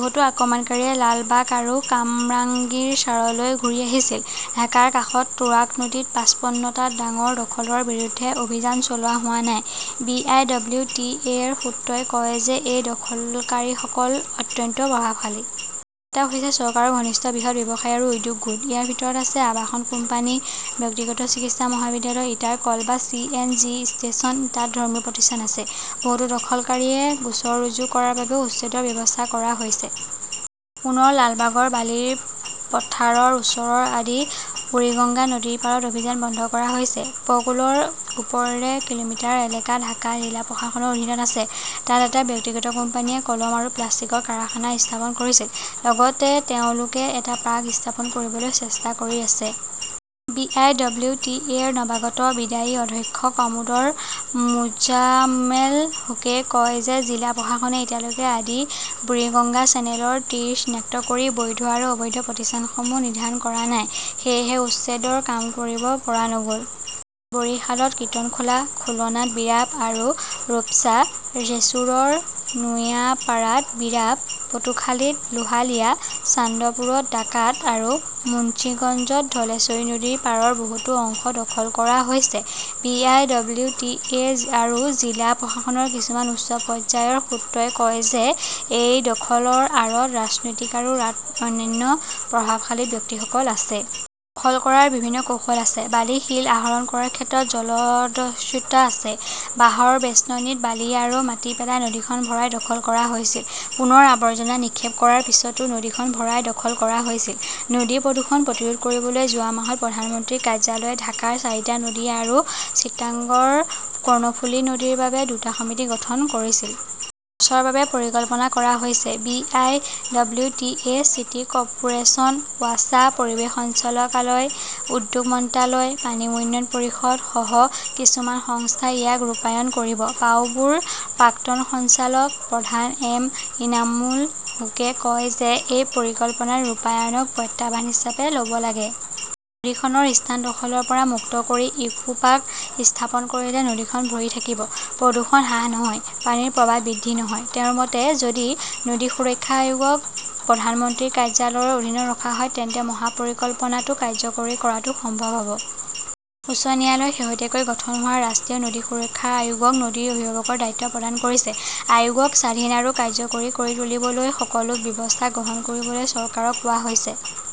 বহুতো আক্ৰমণকাৰীয়ে লালবাগ আৰু কামৰাংগীৰচাৰলৈ ঘূৰি আহিছিল। ঢাকাৰ কাষত তুৰাগ নদীত পাছপন্ন টা ডাঙৰ দখলৰ বিৰুদ্ধে অভিযান চলোৱা হোৱা নাই। B. I. W. T. A. -ৰ সূত্ৰই কয় যে এই দখলকাৰীসকল অত্যন্ত প্ৰভাৱশালী। কেইবাটাও হৈছে চৰকাৰৰ ঘনিষ্ঠ বৃহৎ ব্যৱসায়ী আৰু উদ্যোগ গোট। ইয়াৰ ভিতৰত আছে আবাসন কোম্পানী, ব্যক্তিগত চিকিৎসা মহাবিদ্যালয়, ইটাৰ কল বা চি. এন. জি. ষ্টেচন। তাত ধৰ্মীয় প্ৰতিষ্ঠান আছে। বহুতো দখলকাৰীয়ে গোচৰ ৰুজু কৰাৰ বাবেও উচ্ছেদৰ ব্যৱস্থা কৰা হৈছে। পুনৰ লালবাগৰ বালিৰ পথাৰৰ ওচৰৰ আদি বুৰিগঙ্গা নদীৰ পাৰত অভিযান বন্ধ কৰা হৈছে। উপকূলৰ ওপৰেৰে কিলোমিটাৰ এলেকা ঢাকা জিলা প্ৰশাসনৰ অধীনত আছে। তাত এটা ব্যক্তিগত কোম্পানীয়ে কলম আৰু প্লাষ্টিকৰ কাৰখানা স্থাপন কৰিছে। লগতে তেওঁলোকে এটা পাৰ্ক স্থাপন কৰিবলৈ চেষ্টা কৰি আছে। B. I. W. T. A. -ৰ নৱাগত বিদায়ী অধ্যক্ষ কমোডাৰ মোজাম্মেল হকই কয় যে জিলা প্ৰশাসনে এতিয়ালৈকে আদি বুৰিগঙ্গা চেনেলৰ তীৰ চিনাক্ত কৰি বৈধ আৰু অবৈধ প্ৰতিষ্ঠানসমূহ নিৰ্ধাৰণ কৰা নাই। সেয়েহে উচ্ছেদৰ কাম কৰিব পৰা নগ "ল। বৰিশালত কিৰ্তনখোলা, খুলনাত বীৰাব আৰু ৰূপছা, জেছুৰৰ নোয়াপাড়াত বীৰাব, পটুখালীত লোহালিয়া, চান্দপুৰত ডাকাত আৰু মুন্সিগঞ্জত ধলেশ্বৰী নদীৰ পাৰৰ বহুতো অংশ দখল কৰা হৈছে। B. I. W. T. A. আৰু জিলা প্ৰশাসনৰ কিছুমান উচ্চ পৰ্যায়ৰ সূত্ৰই কয় যে এই দখলৰ আঁৰত ৰাজনৈতিক আৰু অন্যান্য প্ৰভাৱশালী ব্যক্তিসকল আছে। দখল কৰাৰ বিভিন্ন কৌশল আছে। বালি-শিল আহৰণ কৰাৰ ক্ষেত্ৰত জলদস্যুতা আছে। বাঁহৰ বেষ্টনীত বালি আৰু মাটি পেলাই নদীখন ভৰাই দখল কৰা হৈছিল। পুনৰ আৱৰ্জনা নিক্ষেপ কৰাৰ পিছতো নদীখন ভৰাই দখল কৰা হৈছিল। নদী প্ৰদূষণ প্ৰতিৰোধ কৰিবলৈ যোৱা মাহত প্ৰধানমন্ত্ৰীৰ কাৰ্যালয়ে ঢাকাৰ চাৰিটা নদী আৰু চিটাগংৰ কৰ্ণফুলি নদীৰ বাবে দুটা সমিতি গঠন কৰিছিল। বছৰৰ বাবে পৰিকল্পনা কৰা হৈছে। B. I. W. T. A., city corporation, WASA, পৰিৱেশ সঞ্চালকালয়, উদ্যোগ মন্ত্ৰালয়, পানী উন্নয়ন পৰিষদ সহ কিছুমান সংস্থাই ইয়াক ৰূপায়ণ কৰিব। পাউবোৰ প্ৰাক্তন সঞ্চালক প্ৰধান এম ইনামুল হুকে কয় যে এই পৰিকল্পনাৰ ৰূপায়ণক প্ৰত্যাহ্বান হিচাপে ল'ব লাগে। নদীখনৰ স্থান দখলৰ পৰা মুক্ত কৰি ইকোপাৰ্ক স্থাপন কৰিলে নদীখন ভৰি থাকিব। প্ৰদূষণ হ্ৰাস নহয়, পানীৰ প্ৰৱাহ বৃদ্ধি নহয়। তেওঁৰ মতে, যদি নদী সুৰক্ষা আয়োগক প্ৰধানমন্ত্ৰীৰ কাৰ্যালয়ৰ অধীনত ৰখা হয় তেন্তে মহা পৰিকল্পনাটো কাৰ্যকৰী কৰাটো সম্ভৱ হ 'ব। উচ্চ ন্যায়ালয়ে শেহতীয়াকৈ গঠন হোৱা ৰাষ্ট্ৰীয় নদী সুৰক্ষা আয়োগক নদীৰ অভিভাৱকৰ দায়িত্ব প্ৰদান কৰিছে। আয়োগক স্বাধীন আৰু কাৰ্যকৰী কৰি তুলিবলৈ সকলো ব্যৱস্থা গ্ৰহণ কৰিবলৈ চৰকাৰক কোৱা হৈছে।